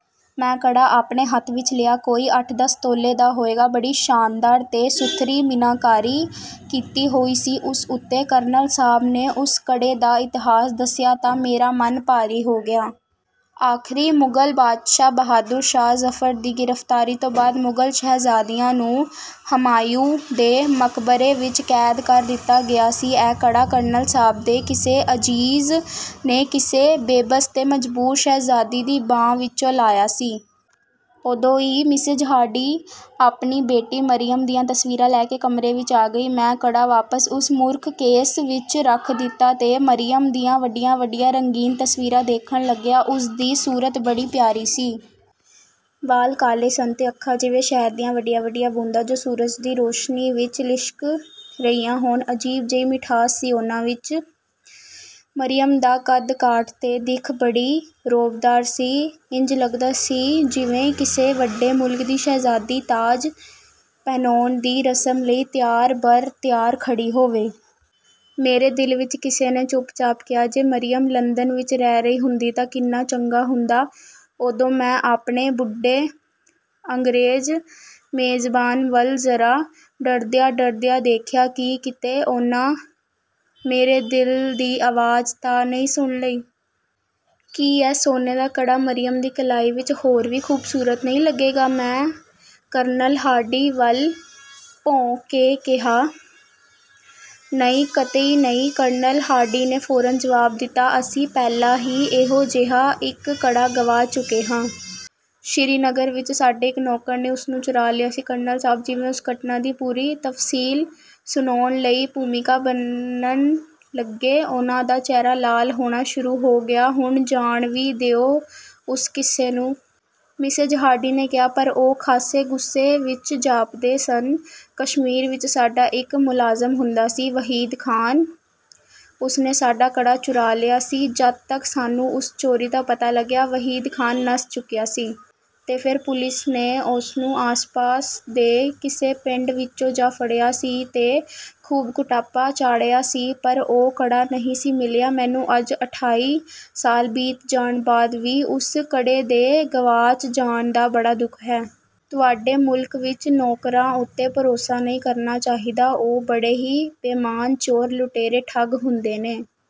ਮੈਂ ਕੜਾ ਆਪਣੇ ਹੱਥ ਵਿੱਚ ਲਿਆ। ਕੋਈ ਅੱਠ-ਦਸ ਤੋਲੇ ਦਾ ਹੋਏਗਾ। ਬੜੀ ਸ਼ਾਨਦਾਰ ਤੇ ਸੁਥਰੀ ਮੀਨਾਕਾਰੀ ਕੀਤੀ ਹੋਈ ਸੀ ਉਸ ਉੱਤੇ। ਕਰਨਲ ਸਾਹਿਬ ਨੇ ਉਸ ਕੜੇ ਦਾ ਇਤਿਹਾਸ ਦੱਸਿਆ ਤਾਂ ਮੇਰਾ ਮਨ ਭਾਰੀ ਹੋ ਗਿਆ। ਆਖ਼ਰੀ ਮੁਗ਼ਲ ਬਾਦਸ਼ਾਹ ਬਹਾਦੁਰ ਸ਼ਾਹ ਜ਼ਫ਼ਰ ਦੀ ਗ੍ਰਿਫ਼ਤਾਰੀ ਤੋਂ ਬਾਅਦ ਮੁਗ਼ਲ ਸ਼ਹਿਜ਼ਾਦੀਆਂ ਨੂੰ ਹਮਾਯੂੰ ਦੇ ਮਕਬਰੇ ਵਿੱਚ ਕੈਦ ਕਰ ਦਿੱਤਾ ਗਿਆ ਸੀ। ਇਹ ਕੜਾ ਕਰਨਲ ਸਾਹਿਬ ਦੇ ਕਿਸੇ ਅਜ਼ੀਜ਼ ਨੇ ਕਿਸੇ ਬੇਬਸ ਤੇ ਮਜ਼ਬੂਰ ਸ਼ਹਿਜ਼ਾਦੀ ਦੀ ਬਾਂਹ ਵਿੱਚੋਂ ਲਾਹਿਆ ਸੀ। ਉਦੋਂ ਹੀ ਮਿਸੇਜ਼ ਹਾਰਡੀ ਆਪਣੀ ਬੇਟੀ ਮਰੀਅਮ ਦੀਆਂ ਤਸਵੀਰਾਂ ਲੈ ਕੇ ਕਮਰੇ ਵਿੱਚ ਆ ਗਈ। ਮੈਂ ਕੜਾ ਵਾਪਸ ਉਸ ਸੁਰਖ਼ ਕੇਸ ਵਿੱਚ ਰੱਖ ਦਿੱਤਾ ਤੇ ਮਰੀਅਮ ਦੀਆਂ ਵੱਡੀਆਂ-ਵੱਡੀਆਂ ਰੰਗੀਨ ਤਸਵੀਰਾਂ ਦੇਖਣ ਲੱਗਿਆ। ਉਸ ਦੀ ਸੂਰਤ ਬੜੀ ਪਿਆਰੀ ਸੀ। ਵਾਲ ਕਾਲੇ ਸਨ ਤੇ ਅੱਖਾਂ ਜਿਵੇਂ ਸ਼ਹਿਦ ਦੀਆਂ ਵੱਡੀਆਂ-ਵੱਡੀਆਂ ਬੂੰਦਾਂ, ਜੋ ਸੂਰਜ ਦੀ ਰੌਸ਼ਨੀ ਵਿੱਚ ਲਿਸ਼ਕ ਰਹੀਆਂ ਹੋਣ—ਅਜੀਬ ਜਿਹੀ ਮਿਠਾਸ ਸੀ ਉਹਨਾਂ ਵਿੱਚ। ਮਰੀਅਮ ਦਾ ਕੱਦ-ਕਾਠ ਤੇ ਦਿੱਖ ਬੜੀ ਰੌਬਦਾਰ ਸੀ। ਇੰਜ ਲੱਗਦਾ ਸੀ ਜਿਵੇਂ ਕਿਸੇ ਵੱਡੇ ਮੁਲਕ ਦੀ ਸ਼ਹਿਜ਼ਾਦੀ ਤਾਜ ਪਹਿਨਾਉਣ ਦੀ ਰਸਮ ਲਈ ਤਿਆਰ-ਬਰ-ਤਿਆਰ ਖੜ੍ਹੀ ਹੋਵੇ। ਮੇਰੇ ਦਿਲ ਵਿੱਚ ਕਿਸੇ ਨੇ ਚੁੱਪਚਾਪ ਕਿਹਾ, "ਜੇ ਮਰੀਅਮ ਲੰਦਨ ਵਿੱਚ ਰਹਿ ਰਹੀ ਹੁੰਦੀ ਤਾਂ ਕਿੰਨਾ ਚੰਗਾ ਹੁੰਦਾ।" ਉਦੋਂ ਮੈਂ ਆਪਣੇ ਬੁੱਢੇ ਅੰਗਰੇਜ਼ ਮੇਜ਼ਬਾਨ ਵੱਲ ਜ਼ਰਾ ਡਰਦਿਆਂ-ਡਰਦਿਆਂ ਦੇਖਿਆ ਕਿ ਕਿਤੇ ਉਹਨਾਂ ਮੇਰੇ ਦਿਲ ਦੀ ਆਵਾਜ਼ ਤਾਂ ਨਹੀਂ ਸੁਣ ਲਈ! "ਕੀ ਇਹ ਸੋਨੇ ਦਾ ਕੜਾ ਮਰੀਅਮ ਦੀ ਕਲਾਈ ਵਿੱਚ ਹੋਰ ਵੀ ਖੂਬਸੂਰਤ ਨਹੀਂ ਲੱਗੇਗਾ?" ਮੈਂ ਕਰਨਲ ਹਾਰਡੀ ਵੱਲ ਭੌਂ ਕੇ ਕਿਹਾ। "ਨਹੀਂ, ਕਤਈ ਨਹੀਂ!" ਕਰਨਲ ਹਾਰਡੀ ਨੇ ਫੌਰਨ ਜਵਾਬ ਦਿੱਤਾ, "ਅਸੀਂ ਪਹਿਲਾਂ ਹੀ ਇਹੋ-ਜਿਹਾ ਇੱਕ ਕੜਾ ਗਵਾ ਚੁੱਕੇ ਹਾਂ। ਸ੍ਰੀਨਗਰ ਵਿੱਚ ਸਾਡੇ ਇੱਕ ਨੌਕਰ ਨੇ ਉਸਨੂੰ ਚੁਰਾ ਲਿਆ ਸੀ।" ਕਰਨਲ ਸਾਹਿਬ ਜਿਵੇਂ ਉਸ ਘਟਨਾ ਦੀ ਪੂਰੀ ਤਫ਼ਸੀਲ ਸੁਣਾਉਣ ਲਈ ਭੂਮਿਕਾ ਬੰਨ੍ਹਣ ਲੱਗੇ। ਉਹਨਾਂ ਦਾ ਚਿਹਰਾ ਲਾਲ ਹੋਣਾ ਸ਼ੁਰੂ ਹੋ ਗਿਆ। "ਹੁਣ ਜਾਣ ਵੀ ਦਿਓ ਉਸ ਕਿੱਸੇ ਨੂੰ।" ਮਿਸੇਜ਼ ਹਾਰਡੀ ਨੇ ਕਿਹਾ, ਪਰ ਉਹ ਖਾਸੇ ਗੁੱਸੇ ਵਿੱਚ ਜਾਪਦੇ ਸਨ। "ਕਸ਼ਮੀਰ ਵਿੱਚ ਸਾਡਾ ਇੱਕ ਮੁਲਾਜ਼ਮ ਹੁੰਦਾ ਸੀ... ਵਹੀਦ ਖ਼ਾਨ। ਉਸਨੇ ਸਾਡਾ ਕੜਾ ਚੁਰਾ ਲਿਆ ਸੀ। ਜਦ ਤਕ ਸਾਨੂੰ ਉਸ ਚੋਰੀ ਦਾ ਪਤਾ ਲੱਗਿਆ, ਵਹੀਦ ਖ਼ਾਨ ਨੱਸ ਚੁੱਕਿਆ ਸੀ... ਤੇ ਫੇਰ ਪੁਲਿਸ ਨੇ ਉਸਨੂੰ ਆਸ-ਪਾਸ ਦੇ ਕਿਸੇ ਪਿੰਡ ਵਿੱਚੋਂ ਜਾ ਫੜਿਆ ਸੀ ਤੇ ਖ਼ੂਬ ਕੁਟਾਪਾ ਚਾੜ੍ਹਿਆ ਸੀ—ਪਰ ਉਹ ਕੜਾ ਨਹੀਂ ਸੀ ਮਿਲਿਆ। ਮੈਨੂੰ ਅੱਜ ਅਠਾਈ ਸਾਲ ਬੀਤ ਜਾਣ ਬਾਅਦ ਵੀ ਉਸ ਕੜੇ ਦੇ ਗਵਾਚ ਜਾਣ ਦਾ ਬੜਾ ਦੁੱਖ ਹੈ। ਤੁਹਾਡੇ ਮੁਲਕ ਵਿੱਚ ਨੌਕਰਾਂ ਉੱਤੇ ਭਰੋਸਾ ਨਹੀਂ ਕਰਨਾ ਚਾਹੀਦਾ। ਉਹ ਬੜੇ ਹੀ ਬੇਈਮਾਨ, ਚੋਰ, ਲੁਟੇਰੇ, ਠੱਗ... ਹੁੰਦੇ ਨੇ।"